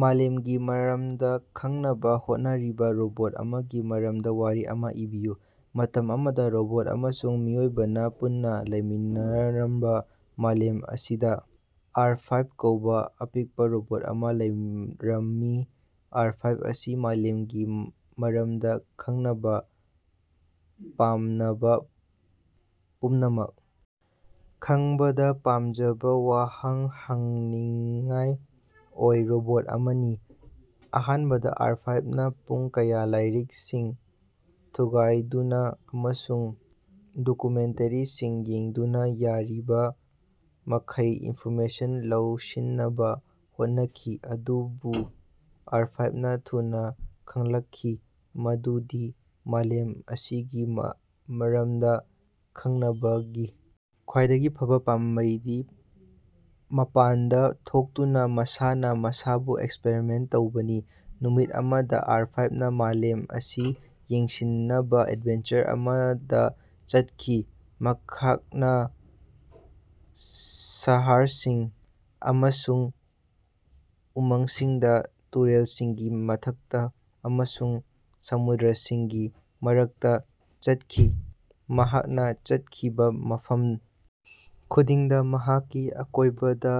ꯃꯥꯂꯦꯝꯒꯤ ꯃꯔꯝꯗ ꯈꯪꯅꯕ ꯍꯣꯠꯅꯔꯤꯕ ꯔꯣꯕꯣꯠ ꯑꯃꯒꯤ ꯃꯔꯝꯗ ꯋꯥꯔꯤ ꯑꯃ ꯏꯕꯤꯌꯨ꯫ ꯃꯇꯝ ꯑꯃꯗ ꯔꯣꯕꯣꯠ ꯑꯃꯁꯨꯡ ꯃꯤꯑꯣꯏꯕꯅ ꯄꯨꯟꯅ ꯂꯩꯃꯤꯟꯅꯔꯝꯕ ꯃꯥꯂꯦꯝ ꯑꯁꯤꯗ ꯑꯥꯔ ꯐꯥꯏꯞ ꯀꯧꯕ ꯑꯄꯤꯛꯄ ꯔꯣꯕꯣꯠ ꯑꯃ ꯂꯩꯔꯝꯃꯤ꯫ ꯑꯥꯔ ꯐꯥꯏꯞ ꯑꯁꯤ ꯃꯥꯂꯦꯝꯒꯤ ꯃꯔꯝꯗ ꯈꯪꯅꯕ ꯄꯝꯅꯕ ꯄꯨꯝꯅꯃꯛ ꯈꯪꯕ ꯄꯥꯝꯖꯕ ꯋꯥꯍꯪ ꯍꯪꯅꯤꯡꯉꯥꯏ ꯑꯣꯏꯕ ꯔꯣꯕꯣꯠ ꯑꯃꯅꯤ꯫ ꯑꯍꯥꯟꯕꯗ ꯑꯥꯔ ꯐꯥꯏꯞ ꯅ ꯄꯨꯡ ꯀꯌꯥ ꯂꯥꯏꯔꯤꯛꯁꯤꯡ ꯊꯨꯒꯥꯏꯗꯨꯅ ꯑꯃꯁꯨꯡ ꯗꯣꯀꯨꯃꯦꯟꯇꯔꯤꯁꯤꯡ ꯌꯦꯡꯗꯨꯅ ꯌꯥꯔꯤꯕꯃꯈꯩ ꯏꯟꯐꯣꯔꯃꯦꯁꯟ ꯂꯧꯁꯤꯟꯅꯕ ꯍꯣꯠꯅꯈꯤ꯫ ꯑꯗꯨꯕꯨ ꯑꯥꯔ ꯐꯥꯏꯞ ꯅ ꯊꯨꯅ ꯈꯪꯂꯛꯈꯤ ꯃꯗꯨꯗꯤ ꯃꯥꯂꯦꯝ ꯑꯁꯤꯒꯤ ꯃꯔꯝꯗ ꯈꯪꯅꯕꯒꯤ ꯈ꯭ꯋꯥꯏꯗꯒꯤ ꯐꯕ ꯄꯥꯝꯕꯩꯗꯤ ꯃꯄꯥꯟꯗ ꯊꯣꯛꯇꯨꯅ ꯃꯁꯥꯅ ꯃꯁꯥꯕꯨ ꯑꯦꯛꯁꯄꯔꯤꯃꯦꯟ ꯇꯧꯕꯅꯤ꯫ ꯅꯨꯃꯤꯠ ꯑꯃꯗ ꯑꯥꯔ ꯐꯥꯏꯞ ꯅ ꯃꯥꯂꯦꯝ ꯑꯁꯤ ꯌꯦꯡꯁꯤꯟꯅꯕ ꯑꯦꯠꯚꯦꯟꯆꯔ ꯑꯃꯗ ꯆꯠꯈꯤ꯫ ꯃꯈꯥꯛꯅ ꯁꯍꯔꯁꯤꯡ ꯑꯃꯁꯨꯡ ꯎꯃꯪꯁꯤꯡꯗ ꯇꯨꯔꯦꯜꯁꯤꯡꯒꯤ ꯃꯊꯛꯇ ꯑꯃꯁꯨꯡ ꯁꯃꯨꯗ꯭ꯔꯥꯁꯤꯡꯒꯤ ꯃꯔꯛꯇ ꯆꯠꯈꯤ꯫ ꯃꯍꯥꯛꯅ ꯆꯠꯈꯤꯕ ꯃꯐꯝ ꯈꯨꯗꯤꯡꯗ ꯃꯍꯥꯛꯀꯤ ꯑꯀꯣꯏꯕꯗ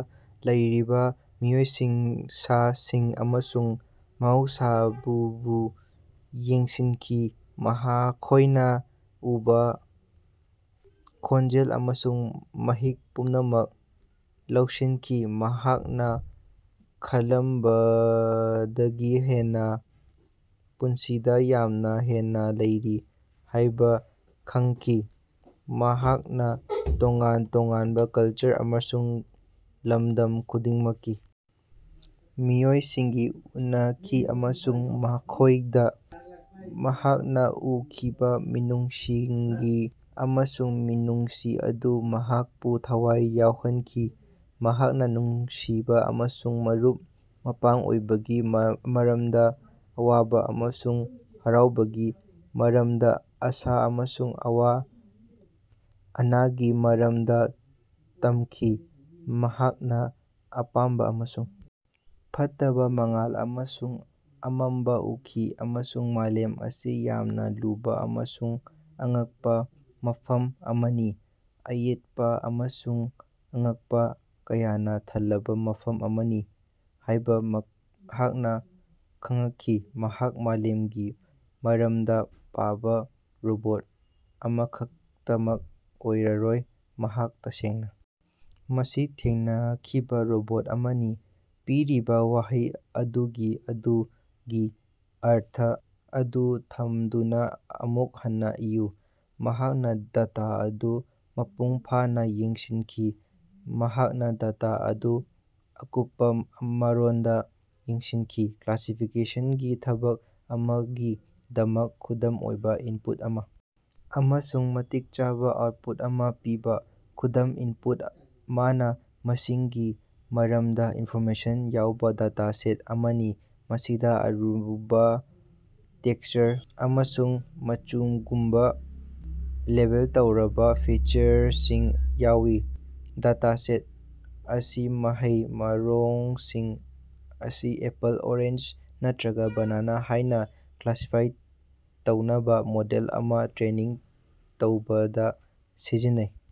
ꯂꯩꯔꯤꯕ ꯃꯤꯑꯣꯏꯁꯤꯡ ꯁꯥ ꯁꯤꯡ ꯑꯃꯁꯨꯡ ꯃꯍꯧꯁꯥꯕꯨꯕꯨ ꯌꯦꯡꯁꯤꯟꯈꯤ ꯃꯈꯣꯏꯅ ꯎꯕ ꯈꯣꯟꯖꯦꯜ ꯑꯃꯁꯨꯡ ꯃꯍꯤꯛ ꯄꯨꯝꯅꯃꯛ ꯂꯧꯁꯤꯟꯈꯤ꯫ ꯃꯍꯥꯛꯅ ꯈꯜꯂꯝꯕꯗꯒꯤ ꯍꯦꯟꯅ ꯄꯨꯟꯁꯤꯗ ꯌꯥꯝꯅ ꯍꯦꯟꯅ ꯂꯩꯔꯤ ꯍꯥꯏꯕ ꯈꯪꯈꯤ꯫ ꯃꯍꯥꯛꯅ ꯇꯣꯉꯥꯟ ꯇꯣꯉꯥꯟꯕ ꯀꯜꯆꯔ ꯑꯃꯁꯨꯡ ꯂꯝꯗꯝ ꯈꯨꯗꯤꯡꯃꯛꯀꯤ ꯃꯤꯑꯣꯏꯁꯤꯡꯒꯤ ꯎꯅꯈꯤ ꯑꯃꯁꯨꯡ ꯃꯈꯣꯏꯗ ꯃꯍꯥꯛꯅ ꯎꯈꯤꯕ ꯃꯤꯅꯨꯡꯁꯤꯒꯤ ꯑꯃꯁꯨꯡ ꯃꯤꯅꯨꯡꯁꯤ ꯑꯗꯨ ꯃꯍꯥꯛꯄꯨ ꯊꯋꯥꯏ ꯌꯥꯎꯍꯟꯈꯤ꯫ ꯃꯍꯥꯛꯅ ꯅꯨꯡꯁꯤꯕ ꯑꯃꯁꯨꯡ ꯃꯔꯨꯞ ꯃꯄꯥꯡ ꯑꯣꯏꯕꯒꯤ ꯃꯔꯝꯗ ꯑꯋꯥꯕ ꯑꯃꯁꯨꯡ ꯍꯔꯥꯎꯕꯒꯤ ꯃꯔꯝꯗ ꯑꯥꯁꯥ ꯑꯃꯁꯨꯡ ꯑꯋꯥ ꯑꯅꯥꯒꯤ ꯃꯔꯝꯗ ꯇꯝꯈꯤ꯫ ꯃꯍꯥꯛꯅ ꯑꯄꯥꯝꯕ ꯑꯃꯁꯨꯡ ꯐꯠꯇꯕ ꯃꯉꯥꯜ ꯑꯃꯁꯨꯡ ꯑꯃꯝꯕ ꯎꯈꯤ ꯑꯃꯁꯨꯡ ꯃꯥꯂꯦꯝ ꯑꯁꯤ ꯌꯥꯝꯅ ꯂꯨꯕ ꯑꯃꯁꯨꯡ ꯑꯉꯛꯄ ꯃꯐꯝ ꯑꯃꯅꯤ ꯑꯌꯦꯠꯄ ꯑꯃꯁꯨꯡ ꯑꯉꯛꯄ ꯀꯌꯥꯅ ꯊꯜꯂꯕ ꯃꯐꯝ ꯑꯃꯅꯤ ꯍꯥꯏꯕ ꯃꯍꯥꯛꯅ ꯈꯪꯉꯛꯈꯤ꯫ ꯃꯍꯥꯛ ꯃꯥꯂꯦꯝꯒꯤ ꯃꯔꯝꯗ ꯄꯥꯕ ꯔꯣꯕꯣꯠ ꯑꯃꯈꯛꯇꯃꯛ ꯑꯣꯏꯔꯔꯣꯏ ꯃꯍꯥꯛ ꯇꯁꯦꯡꯅ ꯃꯁꯤ ꯊꯦꯡꯅꯈꯤꯕ ꯔꯣꯕꯣꯠ ꯑꯃꯅꯤ꯫ ꯄꯤꯔꯤꯕ ꯋꯥꯍꯩ ꯑꯗꯨꯒꯤ ꯑꯗꯨꯒꯤ ꯑꯔꯊ ꯑꯗꯨ ꯊꯝꯗꯨꯅ ꯑꯃꯨꯛ ꯍꯟꯅ ꯏꯌꯨ꯫ ꯃꯍꯥꯛꯅ ꯗꯦꯇ ꯑꯗꯨ ꯃꯄꯨꯡ ꯐꯥꯅ ꯌꯦꯡꯁꯤꯡꯈꯤ꯫ ꯃꯍꯥꯛꯅ ꯗꯦꯇ ꯑꯗꯨ ꯑꯀꯨꯞꯄ ꯃꯔꯣꯟꯗ ꯌꯦꯡꯁꯤꯟꯈꯤ꯫ ꯀꯂꯥꯁꯤꯐꯤꯀꯦꯁꯟꯒꯤ ꯊꯕꯛ ꯑꯃꯒꯤꯗꯃꯛ ꯈꯨꯗꯝ ꯑꯣꯏꯕ ꯏꯟꯄꯨꯠ ꯑꯃ ꯑꯃꯁꯨꯡ ꯃꯇꯤꯛ ꯆꯥꯕ ꯑꯥꯎꯠꯄꯨꯠ ꯑꯃ ꯄꯤꯕ꯫ ꯈꯨꯗꯝ ꯏꯟꯄꯨꯠ ꯃꯅꯥ ꯃꯁꯤꯡꯒꯤ ꯃꯔꯝꯗ ꯏꯟꯐꯣꯔꯃꯦꯁꯟ ꯌꯥꯎꯕ ꯗꯦꯇꯥꯁꯦꯠ ꯑꯃꯅꯤ ꯃꯁꯤꯗ ꯑꯔꯨꯕ ꯇꯦꯛꯁꯆꯔ ꯑꯃꯁꯨꯡ ꯃꯆꯨꯒꯨꯝꯕ ꯂꯦꯕꯦꯜ ꯇꯧꯔꯕ ꯐꯤꯆꯔꯁꯤꯡ ꯌꯥꯎꯏ꯫ ꯗꯦꯇꯥꯁꯦꯠ ꯑꯁꯤ ꯃꯍꯩ ꯃꯔꯣꯡꯁꯤꯡ ꯑꯁꯤ ꯑꯦꯄꯜ ꯑꯣꯔꯦꯟꯖ ꯅꯠꯇꯔꯒ ꯕꯦꯅꯥꯅ ꯍꯥꯏꯅ ꯀꯂꯥꯁꯤꯐꯥꯏ ꯇꯧꯅꯕ ꯃꯣꯗꯦꯜ ꯑꯃ ꯇꯔꯦꯅꯤꯡ ꯇꯧꯕꯗ ꯁꯤꯖꯤꯟꯅꯩ꯫